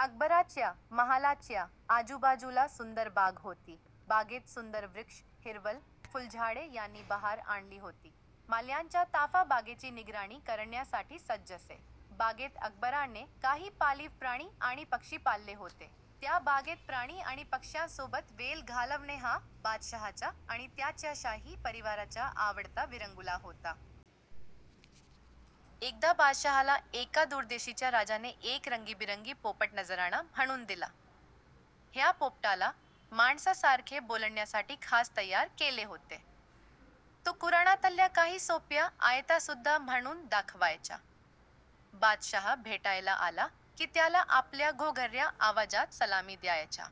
अकबराच्या महालाच्या आजूबाजूला सुंदर बाग होती. बागेत सुंदर वृक्ष, हिरवळ, फुलझाडे यांनी बहार आणली होती. माळ्यांचा ताफा बागेची निगराणी करण्यासाठी सज्ज असे. बागेत अकबराने काही पाळीव प्राणी आणि पक्षी पाळले होते. त्या बागेत प्राणी आणि पक्ष्यांसोबत वेळ घालवणे हा बादशहाचा आणि त्याच्या शाही परिवाराचा आवडता विरंगुळा होता. एकदा बादशहाला एका दूरदेशीच्या राजाने एक रंगीबिरंगी पोपट नजराणा म्हणुन दिला. ह्या पोपटाला माणसासारखे बोलण्यासाठी खास तयार केले होते. तो कुराणातल्या काही सोप्या आयतासुद्धा म्हणुन दाखवायचा. बादशहा भेटायला आला कि त्याला आपल्या घोगऱ्या आवाजात सलामी द्यायचा.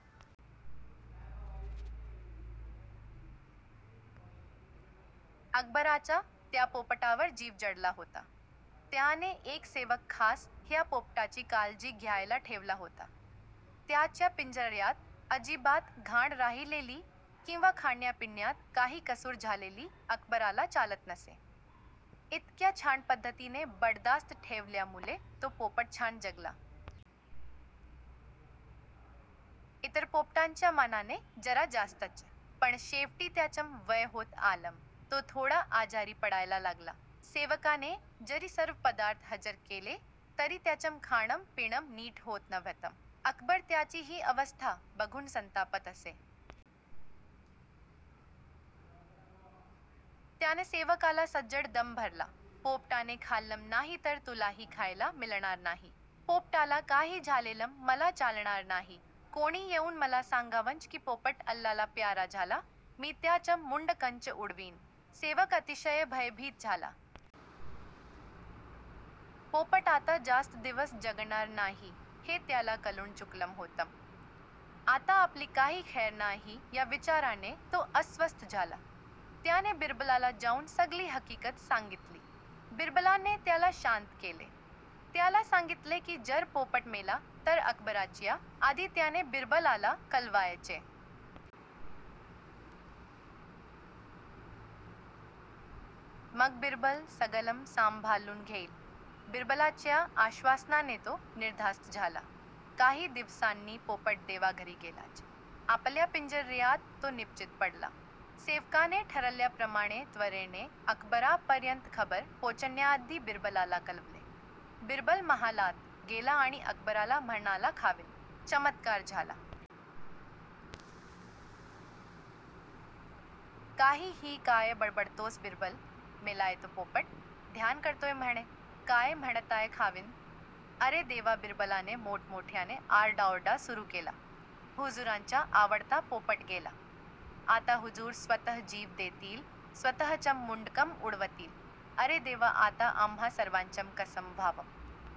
अकबराचा त्या पोपटावर जीव जडला होता. त्याने एक सेवक खास ह्या पोपटाची काळजी घ्यायला ठेवला होता. त्याच्या पिंजऱ्यात अजिबात घाण राहिलेली किंवा खाण्या पिण्यात काही कसुर झालेली अकबराला चालत नसे. इतक्या छान पद्धतीने बडदास्त ठेवल्यामुळे तो पोपट छान जगला. इतर पोपटांच्या मानाने जरा जास्तच. पण शेवटी त्याचं वय होत आलं. तो थोडा आजारी पडायला लागला. सेवकाने जरी सर्व पदार्थ हजर केले तरी त्याचं खाणं पिणं नीट होत नव्हतं. अकबर त्याची हि अवस्था बघुन संतापत असे. त्याने सेवकाला सज्जड दम भरला. पोपटाने खाल्लं नाही तर तुलाही खायला मिळणार नाही. पोपटाला काही झालेलं मला चालणार नाही. कोणी येऊन मला सांगावंच कि पोपट अल्लाला प्यारा झाला, मी त्याचं मुंडकंच उडवीन. सेवक अतिशय भयभीत झाला. पोपट आता जास्त दिवस जगणार नाही हे त्याला कळुन चुकलं होतं. आता आपली काही खैर नाही या विचाराने तो अस्वस्थ झाला. त्याने बिरबलाला जाऊन सगळी हकीकत सांगितली. बिरबलाने त्याला शांत केले. त्याला सांगितले कि जर पोपट मेला तर अकबराच्या आधी त्याने बिरबलाला कळवायचे. मग बिरबल सगळं सांभाळुन घेईल. बिरबलाच्या आश्वासनाने तो निर्धास्त झाला. काही दिवसांनी पोपट देवाघरी गेलाच. आपल्या पिंजऱ्यात तो निपचित पडला. सेवकाने ठरल्याप्रमाणे त्वरेने अकबरापर्यंत खबर पोचण्याआधी बिरबलाला कळवले. बिरबल महालात गेला आणि अकबराला म्हणाला खाविंद, चमत्कार झाला. काहीही काय बडबडतोस बिरबल? मेलाय तो पोपट. ध्यान करतोय म्हणे. काय म्हणताय खाविंद? अरे देवा बिरबलाने मोठमोठ्याने आरडाओरडा सुरु केला. हुजुरांचा आवडता पोपट गेला. आता हुजूर स्वतः जीव देतील, स्वतःचं मुंडकं उडवतील. अरे देवा आता आम्हा सर्वांचं कसं व्हावं.